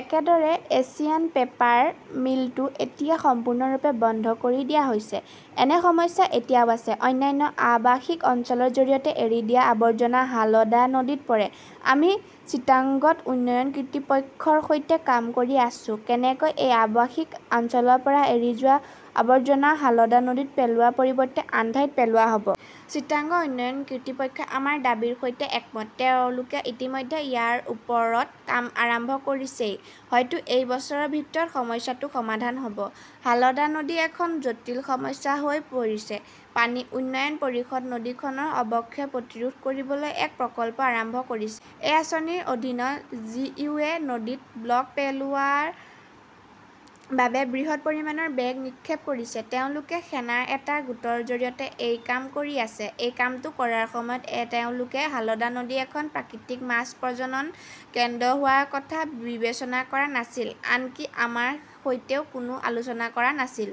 একেদৰে Asian Paper মিলটো এতিয়া সম্পূৰ্ণৰূপে বন্ধ কৰি দিয়া হৈছে। এটা সমস্যা এতিয়াও আছে। অন্যান্য আৱাসিক অঞ্চলৰ জৰিয়তে এৰি দিয়া আৱৰ্জনা হালদা নদীত পৰে। আমি চিটাংগত উন্নয়ন কৰ্তৃপক্ষৰ সৈতে কাম কৰি আছো, কেনেকৈ এই আৱাসিক অঞ্চলৰ পৰা এৰি যোৱা আৱৰ্জনা হালদা নদীত পেলোৱাৰ পৰিৱৰ্তে আন ঠাইত পেলোৱা হ'ব। চিটাংগ উন্নয়ন কৰ্তৃপক্ষই আমাৰ দাবীৰ সৈতে একমত। তেওঁলোকে ইতিমধ্যে ইয়াৰ ওপৰত কাম আৰম্ভ কৰিছেই ,হয়তো এই বছৰৰ ভিতৰত সমস্যাটো সমাধান হ'ব। হালদা নদী এখন জটিল সমস্যা হৈ পৰিছে । পানী উন্নয়ন পৰিষদে নদীখনৰ অৱক্ষয় প্ৰতিৰোধ কৰিবলৈ এক প্ৰকল্প আৰম্ভ কৰিছে। এই আঁচনিৰ অধীনত জি. ও. য়ে নদীত ব্লক পেলোৱাৰ বাবে বৃহৎ পৰিমাণৰ বেগ নিক্ষেপ কৰিছে। তেওঁলোকে সেনাৰ এটা গোটৰ জৰিয়তে এই কাম কৰি আছে। এই কামটো কৰাৰ সময়ত তেওঁলোকে হালদা নদী এখন প্ৰাকৃতিক মাছ প্ৰজনন কেন্দ্ৰ হোৱাৰ কথা বিবেচনা কৰা নাছিল, আনকি আমাৰ সৈতেও কোনো আলোচনা কৰা নাছিল।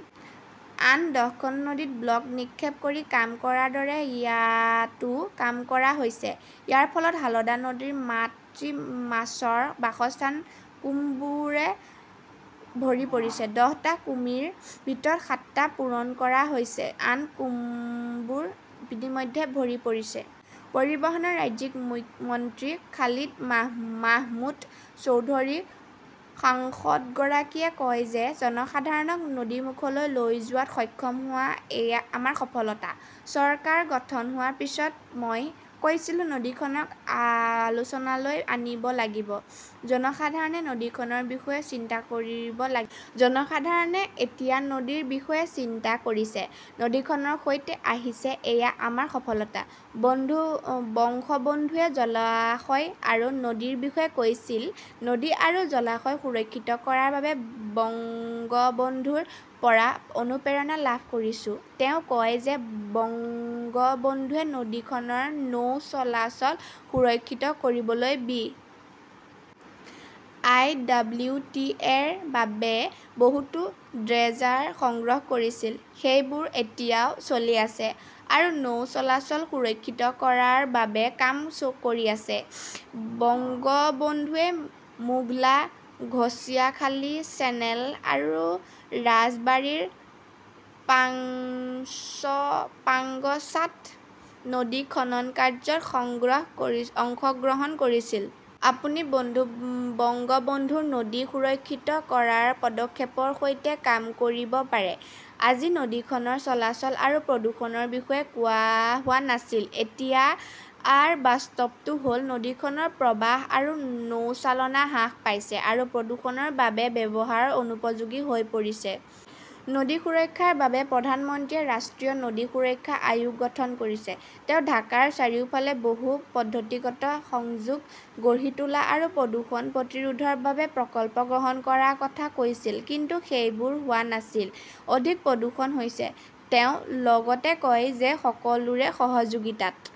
আন দহখন নদীত ব্লক নিক্ষেপ কৰি কাম কৰাৰ দৰেই ইয়াতও কাম কৰা হৈছে। ইয়াৰ ফলত হালদা নদীৰ মাতৃ মাছৰ বাসস্থান কুমবোৰে ভৰি পৰিছে। দহটা কুমিৰ ভিতৰত সাতটা পূৰণ কৰা হৈছে। আন কুমবোৰো ইতিমধ্যে ভৰি পৰিছে। পৰিবহণৰ ৰাজ্যিক মন্ত্ৰী খালিদ মা মাহমুদ চৌধুৰী সাংসদগৰাকীয়ে কয় যে জনসাধাৰণক নদীমুখলৈ লৈ যোৱাত সক্ষম হোৱা এয়া আমাৰ সফলতা। চৰকাৰ গঠন হোৱাৰ পিছত মই কৈছিলো-নদীখনক আলোচনালৈ আনিব লাগিব, জনসাধাৰণে নদীখনৰ বিষয়ে চিন্তা কৰিব লাগিব। জনসাধাৰণে এতিয়া নদীৰ বিষয়ে চিন্তা কৰিছে, নদীখনৰ সৈতে আহিছে-এয়া আমাৰ সফলতা। বন্ধু বংশবন্ধুৱে জলাশয় আৰু নদীৰ বিষয়ে কৈছিল। নদী আৰু জলাশয় সুৰক্ষিত কৰাৰ বাবে বংগবন্ধুৰ পৰা অনুপ্ৰেৰণা লাভ কৰিছো। তেওঁ কয় যে বংগবন্ধুৱে নদীখনৰ নৌ চলাচল সুৰক্ষিত কৰিবলৈ B. I. W. T. A. -ৰ বাবে বহুতো ড্ৰেজাৰ সংগ্ৰহ কৰিছিল, সেইবোৰ এতিয়াও চলি আছে আৰু নৌ চলাচল সুৰক্ষিত কৰাৰ বাবে কাম কৰি আছে। বংগবন্ধুৱে মোগলা-ঘচিয়াখালী চেনেল আৰু ৰাজবাৰীৰ পাংচ পাঙ্গছাত নদী খনন কাৰ্যত সংগ্ৰহ অংশগ্ৰহণ কৰিছিল। আপুনি বন্ধু বংগবন্ধুৰ নদী সুৰক্ষিত কৰাৰ পদক্ষেপৰ সৈতে কাম কৰিব পাৰে । আজি নদীখনৰ চলাচল আৰু প্ৰদূষণৰ বিষয়ে কোৱা হোৱা নাছিল। এতিয়াৰ বাস্তৱটো হ'ল নদীখনৰ প্ৰৱাহ আৰু নৌচালনা হ্ৰাস পাইছে আৰু প্ৰদূষণৰ বাবে ব্যৱহাৰ অনুপযোগী হৈ পৰিছে। নদী সুৰক্ষাৰ বাবে প্ৰধানমন্ত্ৰীয়ে ৰাষ্ট্ৰীয় নদী সুৰক্ষা আয়োগ গঠন কৰিছে। তেওঁ ঢাকাৰ চাৰিওফালে বহু-পদ্ধতিগত সংযোগ গঢ়ি তোলা আৰু প্ৰদূষণ প্ৰতিৰোধৰ বাবে প্ৰকল্প গ্ৰহণ কৰাৰ কথা কৈছিল। কিন্তু সেইবোৰ হোৱা নাছিল। অধিক প্ৰদূষণ হৈছে। তেওঁ লগতে কয় যে সকলোৰে সহযোগিতাত